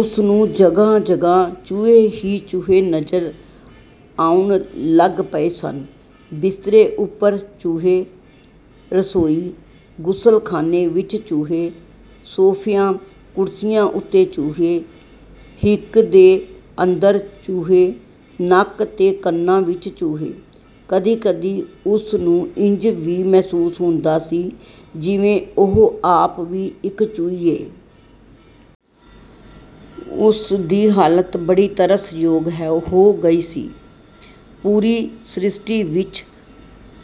ਉਸਨੂੰ ਜਗਾਹ-ਜਗਾਹ ਚੂਹੇ ਹੀ ਨਜ਼ਰ ਆਉਣ ਲੱਗ ਪਏ ਸਨ। ਬਿਸਤਰੇ ਉਪਰ ਚੂਹੇ, ਰਸੋਈ, ਗੁਸਲਖਾਨੇ ਵਿਚ ਚੂਹੇ, ਸੋਫਿਆਂ-ਕੁਰਸੀਆਂ ਉੱਤੇ ਚੂਹੇ, ਹਿੱਕ ਦੇ ਅੰਦਰ ਚੂਹੇ ਤੇ ਨੱਕ ਤੇ ਕੰਨਾਂ ਵਿਚ ਚੂਹੇ। ਕਦੀ-ਕਦੀ ਉਸਨੂੰ ਇੰਜ ਵੀ ਮਹਿਸੂਸ ਹੁੰਦਾ ਸੀ, ਜਿਵੇਂ ਉਹ ਆਪ ਵੀ ਇਕ ਚੂਹੀ ਏ। ਉਸਦੀ ਹਾਲਤ ਬੜੀ ਤਰਸ ਯੋਗ ਹੋ ਗਈ ਸੀ। ਪੂਰੀ ਸਰਿਸ਼ਟੀ ਵਿਚ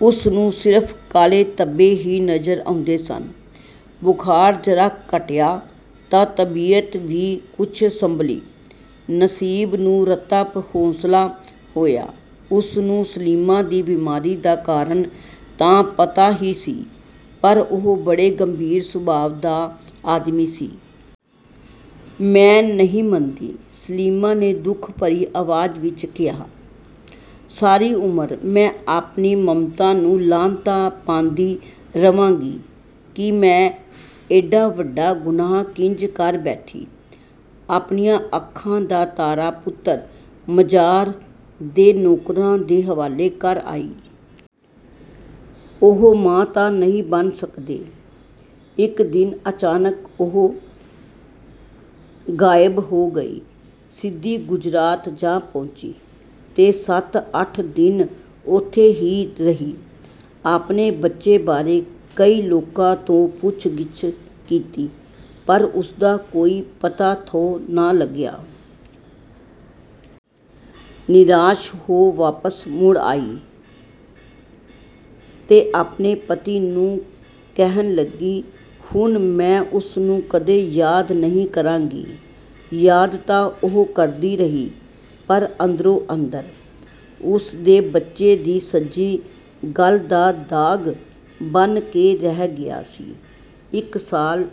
ਉਸਨੂੰ ਸਿਰਫ ਕਾਲੇ ਧੱਬੇ ਹੀ ਨਜ਼ਰ ਆਉਂਦੇ ਸਨ। ਬੁਖਾਰ ਜ਼ਰਾ ਘਟਿਆ ਤਾਂ ਤਬੀਅਤ ਵੀ ਕੁਝ ਸੰਭਲੀ। ਨਜ਼ੀਬ ਨੂੰ ਰਤਾ ਹੌਸਲਾ ਹੋਇਆ। ਉਸਨੂੰ ਸਲੀਮਾ ਦੀ ਬਿਮਾਰੀ ਦਾ ਕਾਰਨ ਤਾਂ ਪਤਾ ਹੀ ਸੀ, ਪਰ ਉਹ ਬੜੇ ਗੰਭੀਰ ਸੁਭਾਅ ਦਾ ਆਦਮੀ ਸੀ। ‘‘ਮੈਂ ਨਹੀਂ ਮੰਨਦੀ,’’ ਸਲੀਮਾ ਨੇ ਦੁੱਖ ਭਰੀ ਆਵਾਜ਼ ਵਿਚ ਕਿਹਾ, ‘‘ਸਾਰੀ ਉਮਰ ਮੈਂ ਆਪਣੀ ਮਮਤਾ ਨੂੰ ਲਾਹਨਤਾਂ ਪਾਂਦੀ ਰਵਾਂਗੀ ਕਿ ਮੈਂ ਏਡਾ ਵੱਡਾ ਗੁਨਾਹ ਕਿੰਜ ਕਰ ਬੈਠੀ? ਆਪਣੀਆਂ ਅੱਖਾਂ ਦਾ ਤਾਰਾ ਪੁੱਤਰ ਮਜਾਰ ਦੇ ਨੌਕਰਾਂ ਦੇ ਹਵਾਲੇ ਕਰ ਆਈ। ਉਹ ਮਾਂ ਤਾਂ ਨਹੀਂ ਬਣ ਸਕਦੇ।’’ ਇਕ ਦਿਨ ਅਚਾਨਕ ਉਹ ਗਾਇਬ ਹੋ ਗਈ। ਸਿੱਧੀ ਗੁਜਰਾਤ ਜਾ ਪਹੁੰਚੀ ਤੇ ਸੱਤ ਅੱਠ ਦਿਨ ਉੱਥੇ ਹੀ ਰਹੀ। ਆਪਣੇ ਬੱਚੇ ਬਾਰੇ ਕਈ ਲੋਕਾਂ ਤੋਂ ਪੁੱਛ-ਗਿੱਛ ਕੀਤੀ, ਪਰ ਉਸਦਾ ਕੋਈ ਪਤਾ-ਥਹੁ ਨਾ ਲੱਗਿਆ। ਨਿਰਾਸ਼ ਹੋ ਵਾਪਸ ਮੁੜ ਆਈ ਤੇ ਆਪਣੇ ਪਤੀ ਨੂੰ ਕਹਿਣ ਲੱਗੀ, “ਹੁਣ ਮੈਂ ਉਸਨੂੰ ਕਦੇ ਯਾਦ ਨਹੀਂ ਕਰਾਂਗੀ।” ਯਾਦ ਤਾਂ ਉਹ ਕਰਦੀ ਰਹੀ ਪਰ ਅੰਦਰੇ-ਅੰਦਰ। ਉਸਦੇ ਬੱਚੇ ਦੀ ਸੱਜੀ ਗੱਲ੍ਹ ਦਾ ਦਾਗ਼ ਬਣ ਕੇ ਰਹਿ ਗਿਆ ਸੀ। ਇਕ ਸਾਲ